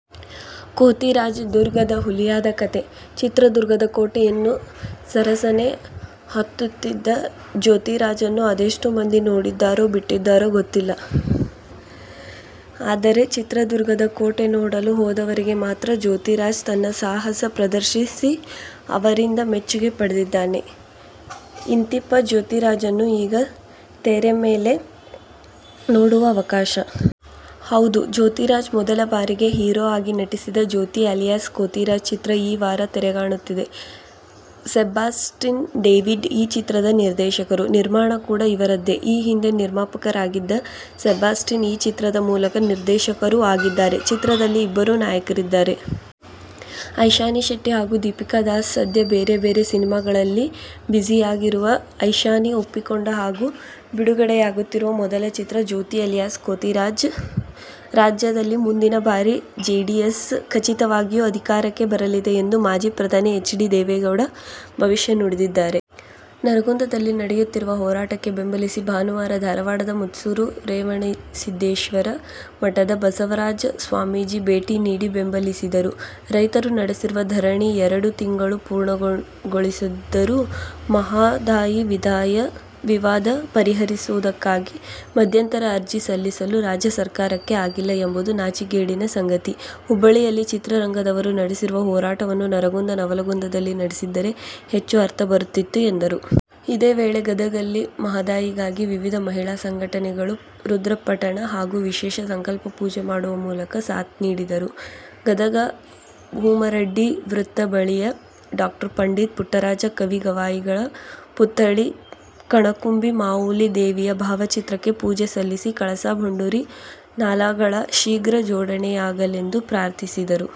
ಕೋತಿರಾಜ್ ದುರ್ಗದ ಹುಲಿಯಾದ ಕತೆ, ಚಿತ್ರದುರ್ಗದ ಕೋಟೆಯನ್ನು ಸರಸರನೇ ಹತ್ತುತ್ತಿದ್ದ ಜ್ಯೋತಿರಾಜ್ನನ್ನು ಅದೆಷ್ಟು ಮಂದಿ ನೋಡಿದ್ದಾರೋ ಬಿಟ್ಟಿದ್ದಾರೋ ಗೊತ್ತಿಲ್ಲ. ಆದರೆ, ಚಿತ್ರದುರ್ಗದ ಕೋಟೆ ನೋಡಲು ಹೋದವರಿಗೆ ಮಾತ್ರ ಜ್ಯೋತಿರಾಜ್ ತನ್ನ ಸಾಹಸ ಪ್ರದರ್ಶಿಸಿ ಅವರಿಂದ ಮೆಚ್ಚುಗೆ ಪಡೆದಿದ್ದಾನೆ. ಇಂತಿಪ್ಪ, ಜ್ಯೋತಿರಾಜ್ನನ್ನು ಈಗ ತೆರೆಮೇಲೆ ನೋಡುವ ಅವಕಾಶ. ಹೌದು, ಜ್ಯೋತಿರಾಜ್ ಮೊದಲ ಬಾರಿಗೆ ಹೀರೋ ಆಗಿ ನಟಿಸಿದ "ಜ್ಯೋತಿ ಅಲಿಯಾಸ್ ಕೋತಿರಾಜ್' ಚಿತ್ರ ಈ ವಾರ ತೆರೆಕಾಣುತ್ತದೆ. ಸೆಬಾಸ್ಟಿನ್ ಡೇವಿಡ್ ಈ ಚಿತ್ರದ ನಿರ್ದೇಶಕರು. ನಿರ್ಮಾಣ ಕೂಡಾ ಇವರದ್ದೇ. ಈ ಹಿಂದೆ ನಿರ್ಮಾಪಕರಾಗಿದ್ದ ಸೆಬಾಸ್ಟಿನ್ ಈ ಚಿತ್ರದ ಮೂಲಕ ನಿರ್ದೇಶಕರೂ ಆಗಿದ್ದಾರೆ. ಚಿತ್ರದಲ್ಲಿ ಇಬ್ಬರು ನಾಯಕಿಯರಿದ್ದಾರೆ. ಐಶಾನಿ ಶೆಟ್ಟಿ ಹಾಗೂ ದೀಪಿಕಾ ದಾಸ್. ಸದ್ಯ ಬೇರೆ ಬೇರೆ ಸಿನಿಮಾಗಳಲ್ಲಿ ಬಿಝಿಯಾಗಿರುವ ಐಶಾನಿ ಒಪ್ಪಿಕೊಂಡ ಹಾಗೂ ಬಿಡುಗಡೆಯಾಗುತ್ತಿರುವ ಮೊದಲ ಚಿತ್ರ "ಜ್ಯೋತಿ ಅಲಿಯಾಸ್ ಕೋತಿರಾಜ್'. ರಾಜ್ಯದಲ್ಲಿ ಮುಂದಿನ ಬಾರಿ ಜೆಡಿಎಸ್ ಖಚಿತವಾಗಿಯೂ ಅಧಿಕಾರಕ್ಕೆ ಬರಲಿದೆ ಎಂದು ಮಾಜಿ ಪ್ರಧಾನಿ ಎಚ್. ಡಿ. ದೇವೇಗೌಡ ಭವಿಷ್ಯ ನುಡಿದಿದ್ದಾರೆ. ನರಗುಂದದಲ್ಲಿ ನಡೆಯುತ್ತಿರುವ ಹೋರಾಟಕ್ಕೆ ಬೆಂಬಲಿಸಿ ಭಾನುವಾರ ಧಾರವಾಡದ ಮನ್ಸೂರು ರೇವಣಸಿದ್ದೇಶ್ವರ ಮಠದ ಬಸವರಾಜ ಸ್ವಾಮೀಜಿ ಭೇಟಿ ನೀಡಿ ಬೆಂಬಲಿಸಿದರು. ರೈತರು ನಡೆಸಿರುವ ಧರಣಿ ಎರಡು ತಿಂಗಳು ಪೂರ್ಣಗೊಳಿಸಿದ್ದರೂ ಮಹದಾಯಿ ವಿವಾದ ಪರಿಹರಿಸುವುದಕ್ಕಾಗಿ ಮಧ್ಯಂತರ ಅರ್ಜಿ ಸಲ್ಲಿಸಲು ರಾಜ್ಯ ಸರ್ಕಾರಕ್ಕೆ ಆಗಿಲ್ಲ ಎಂಬುದು ನಾಚಿಗೇಡಿನ ಸಂಗತಿ. ಹುಬ್ಬಳ್ಳಿಯಲ್ಲಿ ಚಿತ್ರರಂಗದವರು ನಡೆಸಿರುವ ಹೋರಾಟವನ್ನು ನರಗುಂದ, ನವಲಗುಂದದಲ್ಲಿ ನಡೆಸಿದ್ದರೆ ಹೆಚ್ಚು ಅರ್ಥ ಬರುತ್ತಿತ್ತು ಎಂದರು. ಇದೇ ವೇಳೆ ಗದಗದಲ್ಲಿ ಮಹದಾಯಿಗಾಗಿ ವಿವಿಧ ಮಹಿಳಾ ಸಂಘಟನೆಗಳು ರುದ್ರಪಠಣ ಹಾಗೂ ವಿಶೇಷ ಸಂಕಲ್ಪ ಪೂಜೆ ಮಾಡುವ ಮೂಲಕ ಸಾಥ್ ನೀಡಿದರು. ಗದಗ ಭೂಮರಡ್ಡಿ ವೃತ್ತ ಬಳಿಯ ಡಾ ಪಂಡಿತ ಪುಟ್ಟರಾಜ ಕವಿ ಗವಾಯಿಗಳ ಪುತ್ಥಳಿ, ಕಣಕುಂಬಿ ಮಾವುಲಿ ದೇವಿಯ ಭಾವಚಿತ್ರಕ್ಕೆ ಪೂಜೆ ಸಲ್ಲಿಸಿ ಕಳಸಾ ಬಂಡೂರಿ ನಾಲಾಗಳ ಶೀಘ್ರ ಜೋಡಣೆಯಾಗಲೆಂದು ಪ್ರಾರ್ಥಿಸಿದರು.